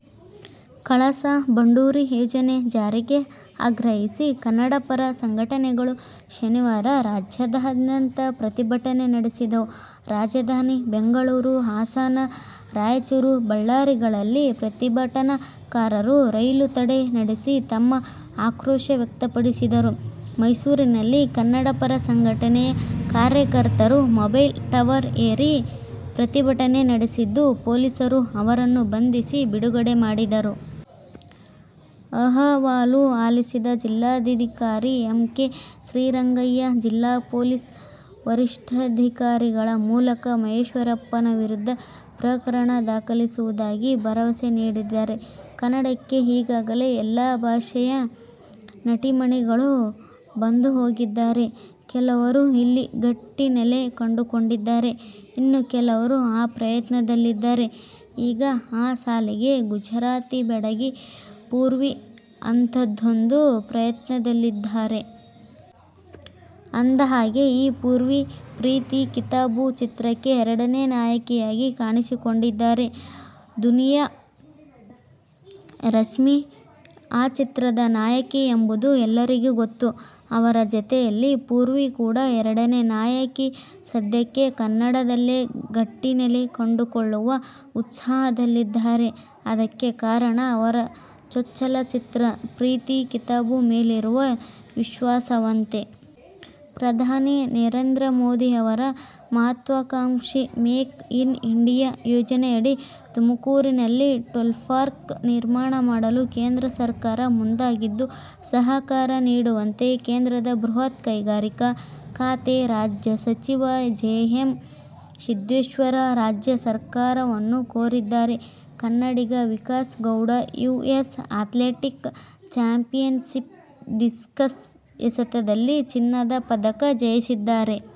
ಕಳಸಾ-ಬಂಡೂರಿ ಯೋಜನೆ ಜಾರಿಗೆ ಆಗ್ರಹಿಸಿ ಕನ್ನಡಪರ ಸಂಘಟನೆಗಳು ಶನಿವಾರ ರಾಜ್ಯಾದ್ಯಂತ ಪ್ರತಿಭಟನೆ ನಡೆಸಿದವು. ರಾಜಧಾನಿ ಬೆಂಗಳೂರು, ಹಾಸನ, ರಾಯಚೂರು, ಬಳ್ಳಾರಿಗಳಲ್ಲಿ ಪ್ರತಿಭಟನಾಕಾರರು ರೈಲು ತಡೆ ನಡೆಸಿ ತಮ್ಮ ಆಕ್ರೋಶ ವ್ಯಕ್ತಪಡಿಸಿದರು. ಮೈಸೂರಿನಲ್ಲಿ ಕನ್ನಡಪರ ಸಂಘಟನೆಯ ಕಾರ್ಯಕರ್ತರು ಮೊಬೈಲ್ ಟವರ್ ಏರಿ ಪ್ರತಿಭಟನೆ ನಡೆಸಿದ್ದು, ಪೊಲೀಸರು ಅವರನ್ನು ಬಂಧಿಸಿ, ಬಿಡುಗಡೆ ಮಾಡಿದರು. ಅಹವಾಲು ಆಲಿಸಿದ ಜಿಲ್ಲಾಧಿಧಿಕಾರಿ ಎಂ. ಕೆ. ಶ್ರೀರಂಗಯ್ಯ, ಜಿಲ್ಲಾ ಪೊಲೀಸ್ ವರಿಷ್ಠಾಧಿಕಾರಿಗಳ ಮೂಲಕ ಮಹಶ್ವರಪ್ಪನ ವಿರುದ್ಧ ಪ್ರಕರಣ ದಾಖಲಿಸುವುದಾಗಿ ಭರವಸೆ ನೀಡಿದ್ದಾರೆ. ಕನ್ನಡಕ್ಕೆ ಈಗಾಗಲೇ ಎಲ್ಲಾ ಭಾಷೆಯ ನಟಿಮಣಿಗಳು ಬಂದು ಹೋಗಿದ್ದಾರೆ. ಕೆಲವರು ಇಲ್ಲಿ ಗಟ್ಟಿ ನೆಲೆ ಕಂಡುಕೊಂಡಿದ್ದಾರೆ. ಇನ್ನು ಕೆಲವರು ಆ ಪ್ರಯತ್ನದಲ್ಲಿದ್ದಾರೆ. ಈಗ ಆ ಸಾಲಿಗೆ ಗುಜರಾತಿ ಬೆಡಗಿ ಪೂರ್ವಿ ಅಂಥದ್ದೊಂದು ಪ್ರಯತ್ನದಲ್ಲಿದ್ದಾರೆ. ಅಂದಹಾಗೆ, ಈ ಪೂರ್ವಿ, "ಪ್ರೀತಿ ಕಿತಾಬು' ಚಿತ್ರಕ್ಕೆ ಎರಡನೇ ನಾಯಕಿಯಾಗಿ ಕಾಣಿಸಿಕೊಂಡಿದ್ದಾರೆ. ದುನಿಯಾ ರಶ್ಮಿ ಆ ಚಿತ್ರದ ನಾಯಕಿ ಎಂಬುದು ಎಲ್ಲರಿಗೂ ಗೊತ್ತು. ಅವರ ಜತೆಯಲ್ಲಿ ಪೂರ್ವಿ ಕೂಡ ಎರಡನೇ ನಾಯಕಿ. ಸದ್ಯಕ್ಕೆ ಕನ್ನಡದಲ್ಲೇ ಗಟ್ಟಿನೆಲೆ ಕಂಡುಕೊಳ್ಳುವ ಉತ್ಸಾಹದಲ್ಲಿದ್ದಾರೆ. ಅದಕ್ಕೆ ಕಾರಣ, ಅವರ ಚೊಚ್ಚಲ ಚಿತ್ರ "ಪ್ರೀತಿ ಕಿತಾಬು' ಮೇಲಿರುವ ವಿಶ್ವಾಸವಂತೆ. ಪ್ರಧಾನಿ ನರೇಂದ್ರ ಮೋದಿ ಅವರ ಮಹತ್ವಾಕಾಂಕ್ಷಿ "ಮೇಕ್ ಇನ್ ಇಂಡಿಯಾ' ಯೋಜನೆಯಡಿ ತುಮಕೂರಿನಲ್ಲಿ ಟೂಲ್ಪಾರ್ಕ್ ನಿರ್ಮಾಣ ಮಾಡಲು ಕೇಂದ್ರ ಸರ್ಕಾರ ಮುಂದಾಗಿದ್ದು, ಸಹಕಾರ ನೀಡುವಂತೆ ಕೇಂದ್ರದ ಬೃಹತ್ ಕೈಗಾರಿಕಾ ಖಾತೆ ರಾಜ್ಯ ಸಚಿವ ಜಿ. ಎಂ. ಸಿದ್ದೇಶ್ವರ ರಾಜ್ಯ ಸರ್ಕಾರವನ್ನು ಕೋರಿದ್ದಾರೆ. ಕನ್ನಡಿಗ ವಿಕಾಸ್ ಗೌಡ ಯುಎಸ್ ಆ್ಯತ್ಲೆಟಿಕ್ ಚಾಂಪಿಯನ್ಶಿಪ್ನ ಡಿಸ್ಕಸ್ ಎಸೆತದಲ್ಲಿ ಚಿನ್ನದ ಪದಕ ಜಯಿಸಿದ್ದಾರೆ.